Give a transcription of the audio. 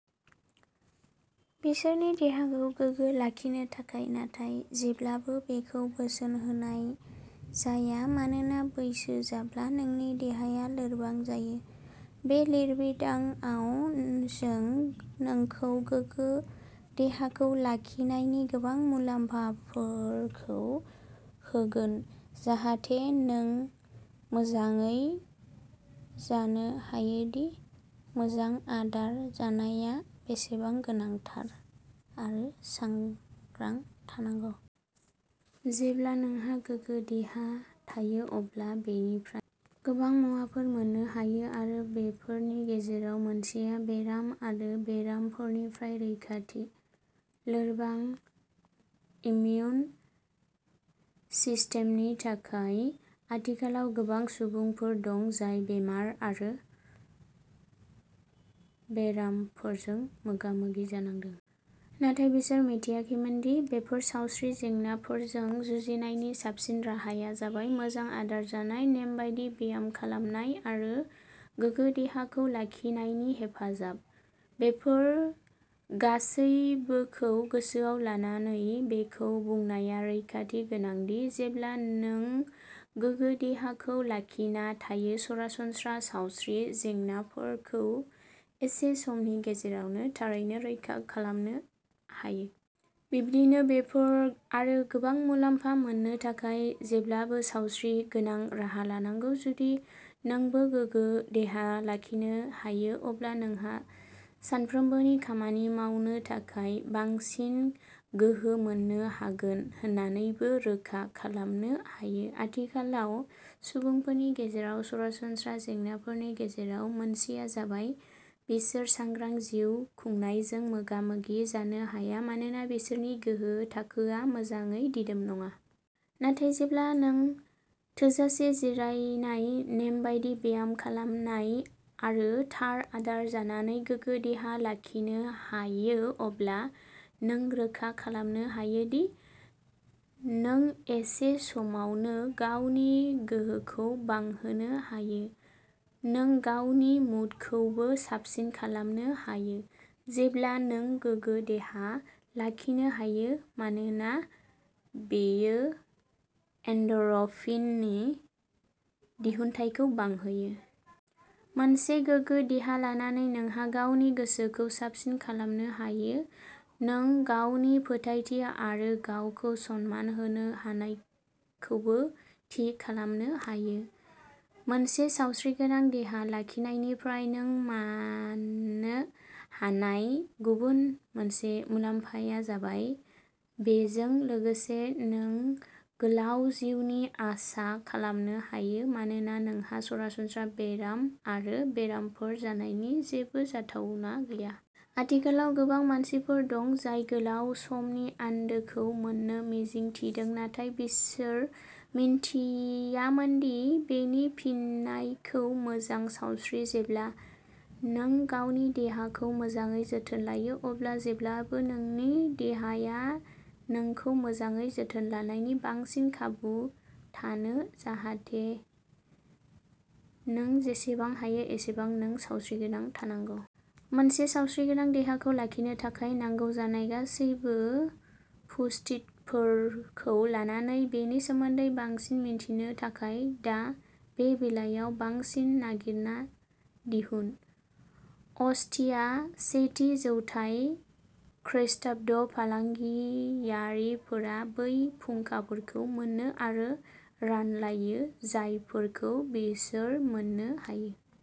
बिसोरनि देहाखौ गोगो लाखिनो थाखाय। नाथाय जेब्लाबो बेखौ बोसोन होनाय जाया मानोना बैसो जाब्ला नोंनि देहाया लोरबां जायो। बे लिरबिदांआव जों नोंखौ गोगो देहाखौ लाखिनायनि गोबां मुलाम्फाफोरखौ होगोन जाहाथे नों मोजाङै जानो हायोदि मोजां आदार जानाया बेसेबां गोनांथार आरो सांग्रां थानांगौ। जेब्ला नोंहा गोगो देहा थायो अब्ला बेनिफ्राय गोबां मुवाफोर मोननो हायो आरो बेफोरनि गेजेराव मोनसेआ बेराम आरो बेरामफोरनिफ्राय रैखाथि। लोरबां इमिउन सिस्टेमनि थाखाय आथिखालाव गोबां सुबुंफोर दं जाय बेराम आरो बेरामफोरजों मोगा-मोगि जानांदों। नाथाय बिसोर मिथियाखैमोनदि बेफोर सावस्रि जेंनाफोरजों जुजिनायनि साबसिन राहाया जाबाय मोजां आदार जानाय नेमबादि ब्याम खालामनाय आरो गोगो देहाखौ लाखिनायनि हेफाजाब। बेफोर गासैबोखौ गोसोआव लानानै बेखौ बुंनाया रैखाथि गोनांदि जेब्ला नों गोगो देहाखौ लाखिना थायो सरासनस्रा सावस्रि जेंनाफोरखौ एसे समनि गेजेरावनो थारैनो रैखा खालामनो हायो। बिदिनो बेफोर आरो गोबां मुलाम्फा मोननो थाखाय जेब्लाबो सावस्रि गोनां राहा लानांगौ। जुदि नोंबो गोगो देहा लाखिनो हायो अब्ला नोंहा सानफ्रोमबोनि खामानि मावनो थाखाय बांसिन गोहो मोन्नो हागोन होननानैबो रोखा खालामनो हायो। आथिखालाव सुबुंफोरनि गेजेराव सरासनस्रा जेंनाफोरनि गेजेराव मोनसेआ जाबाय बिसोर सांग्रां जिउ खुंनायजों मोगा-मोगि जानो हाया मानोना बिसोरनि गोहो थाखोआ मोजाङै दिदोम नङा। नाथाय जेब्ला नों थोजासे जिरायनाय नेमबादि ब्याम खालामनाय आरो थार आदार जानानै गोगो देहा लाखिनो हायो अब्ला नों रोखा खालामनो हायोदि नों एसे समावनो गावनि गोहोखौ बांहोनो हायो। नों गावनि मुडखौबो साबसिन खालामनो हायो जेब्ला नों गोगो देहा लाखिनो हायो मानोना बेयो एन्ड'रफिननि दिहुनथायखौ बांहोयो। मोनसे गोगो देहा लानानै नोंहा गावनि गोसोखौ साबसिन खालामनो हायो। नों गावनि फोथायथि आरो गावखौ सनमान होनो हानायखौबो थि खालामनो हायो। मोनसे सावस्रिगोनां देहा लाखिनायनिफ्राय नों मोननो हानाय गुबुन मोनसे मुलाम्फाया जाबाय बेजों लोगोसे नों गोलाव जिउनि आसा खालामनो हायो मानोना नोंहा सरासनस्रा बेराम आरो बेरामफोर जानायनि जेबो जाथावना गैया। आथिखालाव गोबां मानसिफोर दं जाय गोलाव समनि आन्दोखौ मोन्नो मिजिं थिदों नाथाय बिसोर मिथियामोनदि बेनि फिननायखौ मोजां सावस्रि। जेब्ला नों गावनि देहाखौ मोजाङै जोथोन लायो अब्ला जेब्लाबो नोंनि देहाया नोंखौ मोजाङै जोथोन लानायनि बांसिन खाबु थायो जाहाथे नों जेसेबां हायो एसेबां नों सावस्रिगोनां थानांगौ। मोनसे सावस्रिगोनां देहाखौ लाखिनो थाखाय नांगौ जानाय गासैबो पुष्टिफोरखौ लानानै बेनि सोमोन्दै बांसिन मिथिनो थाखाय दा बे बिलाइयाव बांसिन नागिरना दिहुन। अस्टिया सेथि जौथाय खृष्टाब्द फालांगियारिफोरा बै फुंखाफोरखौ मोनो आरो रानलायो जायफोरखौ बिसोर मोननो हायो।